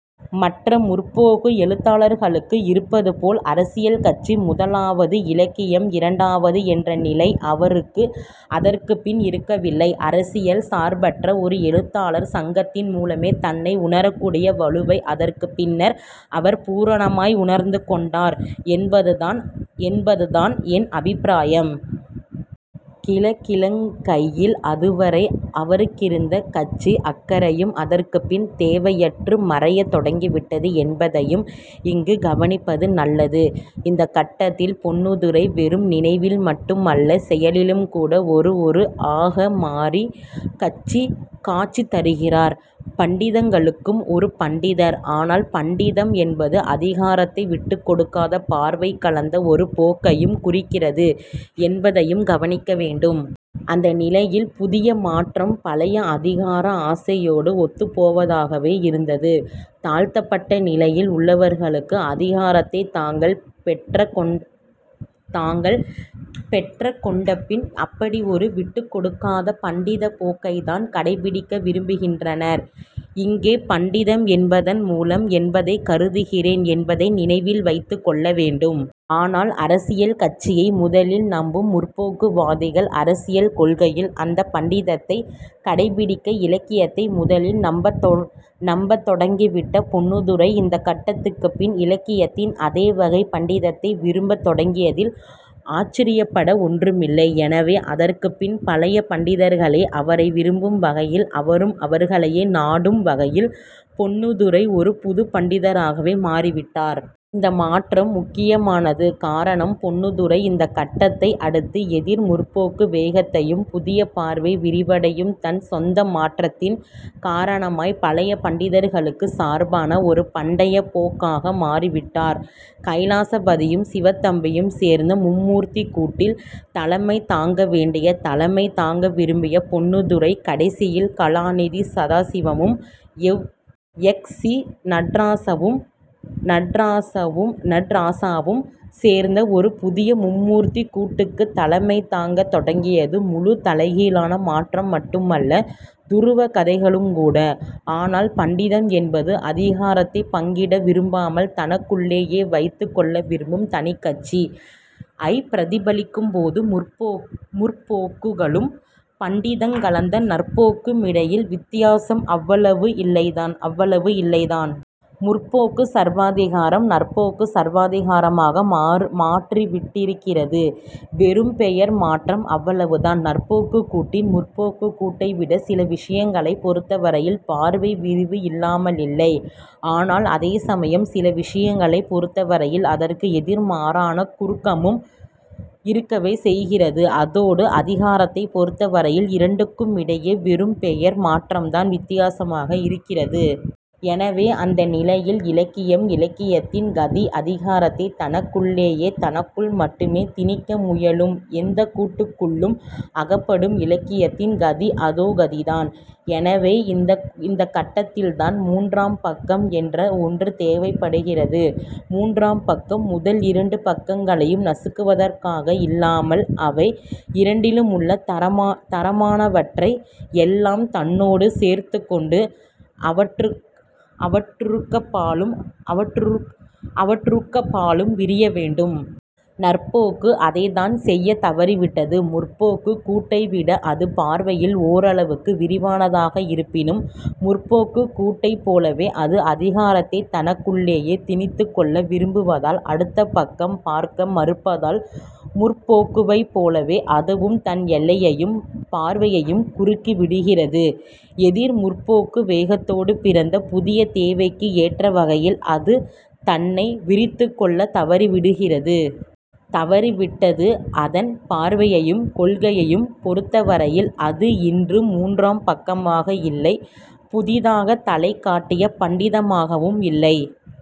மற்ற 'முற்போக்கு' எழுத்தாளர்களுக்கு இருப்பதுபோல் அரசியல் கட்சி முதலாவது, இலக்கியம் இரண்டாவது என்ற நிலை அவருக்கு அதற்குப் பின் இருக்கவில்லை. அரசியல் சார்பற்ற ஒரு எழுத்தாளர் சங்கத்தின் மூலமே தன்னை உணரக்கூடிய வலுவை அதற்குப் பின் அவர் பூரணமாக உணர்ந்து கொண்டார் என்பதுதான் என் அபிப்பிராயம். கிழக்கிழங்கையில் அதுவரை அவருக்கிருந்த கட்சி அக்கறையும் அதற்குப் பின் தேவையற்று மறையத் தொடங்கிவிட்டது என்பதையும் இங்கு கவனிப்பது நல்லது. இந்தக் கட்டத்தில் பொன்னுத்துரை வெறும் நினைவில் மட்டும் அல்ல செயலிலும்கூட ஒரு ஒரு ஆக மாறிக் காட்சி தருகிறார். பண்டிதங்களுக்கும் ஒரு பண்டிதர். ஆனால் பண்டிதம் என்பது அதிகாரத்தை விட்டுக் கொடுக்காத பார்வை கலந்த ஒரு போக்கையும் குறிக்கிறது என்பதையும் கவனிக்க வேண்டும். அந்த நிலையில் புதிய மாற்றம் பழைய அதிகார ஆசையோடு ஒத்துப்போவதாகவே இருந்தது. தாழ்த்தப்பட்ட நிலையில் உள்ளவர்களும் அதிகாரத்தைத் தாங்கள் பெற்றக் கொண்ட பின் அப்படி ஒரு விட்டுக்கொடுக்காத பண்டிதப் போக்கைத்தான் கடைப்பிடிக்க விரும்புகின்றனர். இங்கே பண்டிதம் என்பதன் மூலம் என்பதைக் கருதுகிறேன் என்பதை நினைவில் வைத்துக் கொள்ள வேண்டும். ஆனால் அரசியல் கட்சியை முதலில் நம்பும் 'முற்போக்கு'வாதிகள் அரசியல் கொள்கைகளில் அந்தப் பண்டிதத்தைக் கடைப்பிடிக்க, இலக்கியத்தை முதலில் நம்பத் தொடங்கிவிட்ட பொன்னுத்துரை இந்த கட்டத்துக்குப் பின் இலக்கியத்தில் அதே வகைப் பண்டிதத்தை விரும்பத் தொடங்கியதில் ஆச்சரியப்பட ஒன்றுமில்லை. எனவே, அதற்குப் பின் பழைய பண்டிதர்களே அவரை விரும்பும் வகையில், அவரும் அவர்களையே நாடும் வகையில் பொன்னுத்துரை ஒரு புதுப் பண்டிதராகவே மாறிவிட்டார். இந்த மாற்றம் முக்கியமானது. காரணம், பொன்னுத்துரை இந்தக் கட்டத்தை அடுத்து 'எதிர் முற்போக்கு' வேகத்தையும் புதிய பார்வை விரிவையும், தன் சொந்த மாற்றத்தின் காரணமாய் பழைய பண்டிதர்களுக்குச் சார்பான ஒரு பண்டைய போக்காக மாற்றிவிட்டார். கைலாசபதியும் சிவத்தம்பியும் சேர்ந்த மும்மூர்த்திக்கூட்டில் தலைமை தாங்க வேண்டிய, தலைமை தாங்க விரும்பிய பொன்னுத்துரை கடைசியில் கலாநிதி சதாசிவமும், எவ். எக்ஸ். சி. நடராசாவும் சேர்ந்த ஒரு புதிய மும்மூர்த்திக் கூட்டுக்குத் தலைமை தாங்கத் தொடங்கியது முழுத் தலைகீழான மாற்றம் மட்டுமல்ல துருவக் கதைகளுங்கூட. ஆனால் பண்டிதம் என்பது அதிகாரத்தைப் பங்கிட விரும்பாமல் தங்களுக்குள்ளேயே வைத்துக் கொள்ள விரும்பும் தனிக் கட்சி. ஐ பிரதிபலிக்கும்போது முற்போக்குக்கும் பண்டிதங் கலந்த 'நற்போக்கு' மிடையில் வித்தியாசம் அவ்வளவு இல்லைத்தான். 'முற்போக்கு' சர்வாதிகாரம் 'நற்போக்கு' சர்வாதிகாரமாக மாறிவிட்டிருக்கிறது. வெறும் பெயர் மாற்றம். அவ்வளவுதான். நற்போக்குக் கூட்டில் 'முற்போக்கு'க் கூட்டை விட சில விசயங்களைப் பொருத்தவரையில் பார்வை விரிவு இல்லாமலில்லை. ஆனால் அதே சமயம் சில விசயங்களைப் பொருத்தவரையில் அதற்கு எதிர்மாறான குறுக்கமும் இருக்கவே செய்கிறது. அதோடு அதிகாரத்தைப் பொருத்தவரையில் இரண்டுக்குமிடையே வெறும் பெயர் மாற்றந்தான் வித்தியாசமாக இருக்கிறது. எனவே அந்த நிலையில் இலக்கியம் இலக்கியத்தின் கதி அதிகாரத்தைத் தனக்குள்ளேயே தனக்குள் மட்டுமே, திணிக்க முயலும் எந்தக் கூட்டுக்குள்ளும் அகப்படும் இலக்கியத்தின் கதி அதோ கதிதான். எனவே இந்தக் கட்டத்தில்தான் 'மூன்றாம் பக்கம்' என்ற ஒன்று தேவைப்படுகிறது. மூன்றாம் பக்கம் முதலிரண்டு பக்கங்களையும் நசுக்குவதாக இல்லாமல் அவை இரண்டிலுமுள்ள தரமானவற்றை எல்லாம் தன்னோடு சேர்த்துக்கொண்டு அவற்றுக்கப்பாலும் விரிய வேண்டும். 'நற்போக்கு' அதைத்தான் செய்யத் தவறிவிட்டது. 'முற்போக்கு'க் கூட்டை விட அது பார்வையில் ஓரளவுக்கு விரிவானதாக இருப்பினும் 'முற்போக்கு'க் கூட்டைப் போலவே அது அதிகாரத்தைத் தனக்குள்ளேயே திணித்துக்கொள்ள விரும்புவதால் அடுத்த பக்கம் பார்க்க மறுப்பதால் முற்போக்குவைப் போலவே அதுவும் தன் எல்லையையும் பார்வையையும் குறுக்கிவிடுகிறது. எதிர் 'முற்போக்கு' வேகத்தோடு பிறந்த புதிய தேவைக்கு ஏற்ற வகையில் அது தன்னை விரித்துக்கொள்ளத் தவறிவிடுகிறது. தவறிவிட்டது. அதன் பார்வையையும் கொள்கையையும் பொருத்தவரையில் அது இன்று மூன்றாம் பக்கமாக இல்லை. புதிதாகத் தலைகாட்டிய பண்டிதமாகவும் இல்லை.